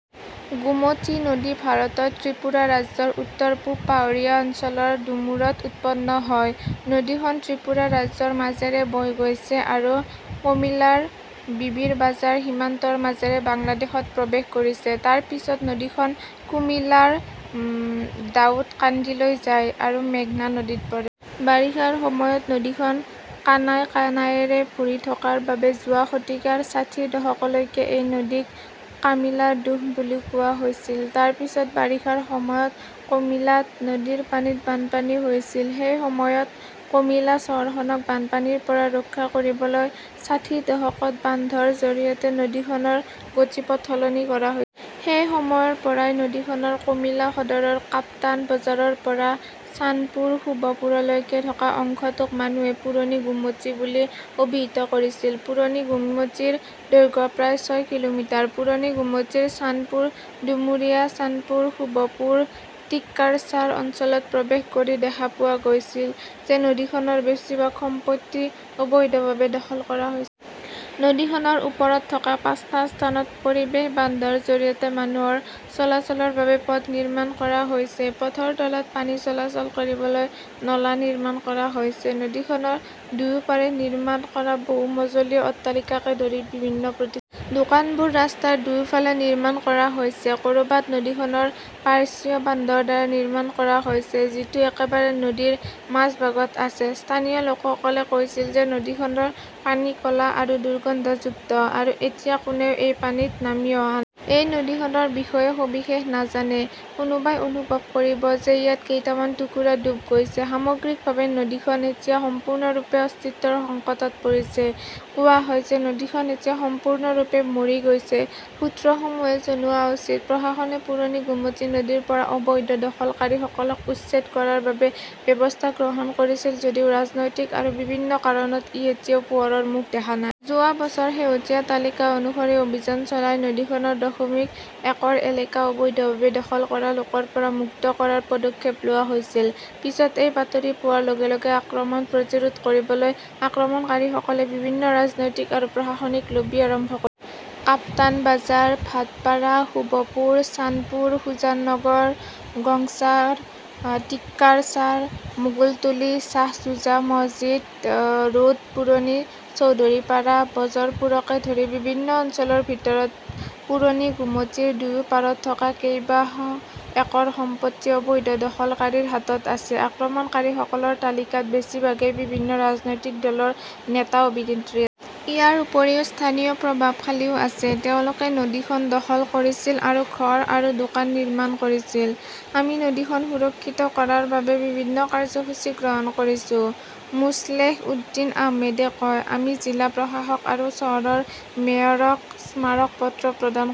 গোমতী নদী ভাৰতত ত্ৰিপুৰা ৰাজ্যৰ উত্তৰ-পূব পাহাৰীয়া অঞ্চলৰ ডুমুৰত উৎপন্ন হয়। নদীখন ত্ৰিপুৰা ৰাজ্যৰ মাজেৰে বৈ গৈছে আৰু কমিলাৰ বিবিৰবাজাৰ সীমান্তৰ মাজেৰে বাংলাদেশত প্ৰৱেশ কৰিছে। তাৰ পিছত নদীখন কুমিলাৰ দাউদকাণ্ডীলৈ যায় আৰু মেঘনা নদীত পৰে। বাৰিষাৰ সময়ত নদীখন কানাই কানাইৰে ভৰি থকাৰ বাবে যোৱা শতিকাৰ ষাঠিৰ দশকলৈকে এই নদীক কামিলাৰ দুখ বুলিও কোৱা হৈছিল। তাৰ পিছত বাৰিষাৰ সময়ত কমিলাত নদীৰ পানীত বানপানী হৈছিল। সেই সময়ত কমিলা চহৰখনক বানপানীৰ পৰা ৰক্ষা কৰিবলৈ ষাঠিৰ দশকত বান্ধৰ জৰিয়তে নদীখনৰ গতিপথ সলনি কৰা হৈছিল। সেই সময়ৰ পৰাই, নদীখনৰ কমিলা সদৰৰ কাপ্তান বজাৰৰ পৰা চানপুৰ, শুভপুৰলৈকে থকা অংশটোক মানুহে পুৰণি গোমতী বুলি অভিহিত কৰিছিল। পুৰণি গোমতীৰ দৈৰ্ঘ্য প্ৰায় ছয় কিলোমিটাৰ। পুৰণি গোমতীৰ চানপুৰ, ডুমুৰিয়া চানপুৰ, শুভপুৰ, টিক্কাৰচাৰ অঞ্চলত প্ৰৱেশ কৰি দেখা পোৱা গৈছিল যে নদীখনৰ বেছিভাগ সম্পত্তি অবৈধভাৱে দখল কৰা হৈছে। নদীখনৰ ওপৰত থকা পাঁচটা স্থানত পৰিৱেশ বান্ধৰ জৰিয়তে মানুহৰ চলাচলৰ বাবে পথ নিৰ্মাণ কৰা হৈছে। পথৰ তলত পানী চলাচল কৰিবলৈ নলা নিৰ্মাণ কৰা হৈছে। নদীখনৰ দুয়োপাৰে নিৰ্মাণ কৰা বহু-মজলীয়া অট্টালিকাকে ধৰি বিভিন্ন প্ৰতিষ্ঠান। দোকানবোৰ ৰাস্তাৰ দুয়োফালে নিৰ্মাণ কৰা হৈছে, কৰবাত নদীখনৰ পাৰ্শ্বীয় বান্ধৰ দ্বাৰা নিৰ্মাণ কৰা হৈছে। যিটো একেবাৰে নদীৰ মাজভাগত আছে। স্থানীয় লোকসকলে কৈছিল যে নদীখনৰ পানী ক'লা আৰু দুৰ্গন্ধযুক্ত, আৰু এতিয়া কোনেও এই পানীত নামি অহা নাই। এই নদীখনৰ বিষয়ে সবিশেষ নাজানে, কোনোবাই অনুভৱ কৰিব যে ইয়াত কেইটামান টুকুৰা ডুব গৈছে। সামগ্ৰিকভাৱে, নদীখন এতিয়া সম্পূৰ্ণৰূপে অস্তিত্বৰ সংকটত পৰিছে। কোৱা হয় যে নদীখন এতিয়া সম্পূৰ্ণৰূপে মৰি গৈছে, সূত্ৰসমূহে জনোৱা মতে, প্ৰশাসনে পুৰণি গোমতী নদীৰ পৰা অবৈধ দখলকাৰীসকলক উচ্ছেদ কৰাৰ বাবে ব্যৱস্থা গ্ৰহণ কৰিছিল যদিও ৰাজনৈতিক আৰু বিভিন্ন কাৰণত ই এতিয়াও পোহৰৰ মুখ দেখা নাই। যোৱা বছৰ শেহতীয়া তালিকা অনুসৰি অভিযান চলাই নদীখনৰ দশমিক একৰ এলেকা অবৈধভাৱে দখল কৰা লোকৰ পৰা মুক্ত কৰাৰ পদক্ষেপ লোৱা হৈছিল। পিছত এই বাতৰি পোৱাৰ লগে লগে আক্ৰমণ প্ৰতিৰোধ কৰিবলৈ আক্ৰমণকাৰীসকলে বিভিন্ন ৰাজনৈতিক আৰু প্ৰশাসনিক লবি আৰম্ভ কৰিছিল। কাপ্তানবাজাৰ, ভাটপাৰা, শুভপুৰ, চানপুৰ, সুজানগৰ, গংচাৰ, টিক্কাৰচাৰ, মোগলতুলি শ্বাহছুজা মছজিদ ৰোড, পুৰণি চৌধুৰীপাৰা, বজৰপুৰকে ধৰি বিভিন্ন অঞ্চলৰ ভিতৰত পুৰণি গোমতীৰ দুয়ো পাৰত থকা কেইবাশ একৰ সম্পত্তি অবৈধ দখলকাৰীৰ হাতত আছে। আক্ৰমণকাৰীসকলৰ তালিকাত বেছিভাগেই বিভিন্ন ৰাজনৈতিক দলৰ নেতা-অভিনেত্ৰী আছে। ইয়াৰ উপৰিও স্থানীয় প্ৰভাৱশালীও আছে। তেওঁলোকে নদীখন দখল কৰিছিল আৰু ঘৰ আৰু দোকান নিৰ্মাণ কৰিছিল। আমি নদীখন সুৰক্ষিত কৰাৰ বাবে বিভিন্ন কাৰ্যসূচী গ্ৰহণ কৰিছো, মোছলেহ উদ্দিন আহমেদে কয়। আমি জিলা প্ৰশাসক আৰু চহৰৰ মেয়ৰক স্মাৰক পত্ৰ প্ৰদান কৰিছো।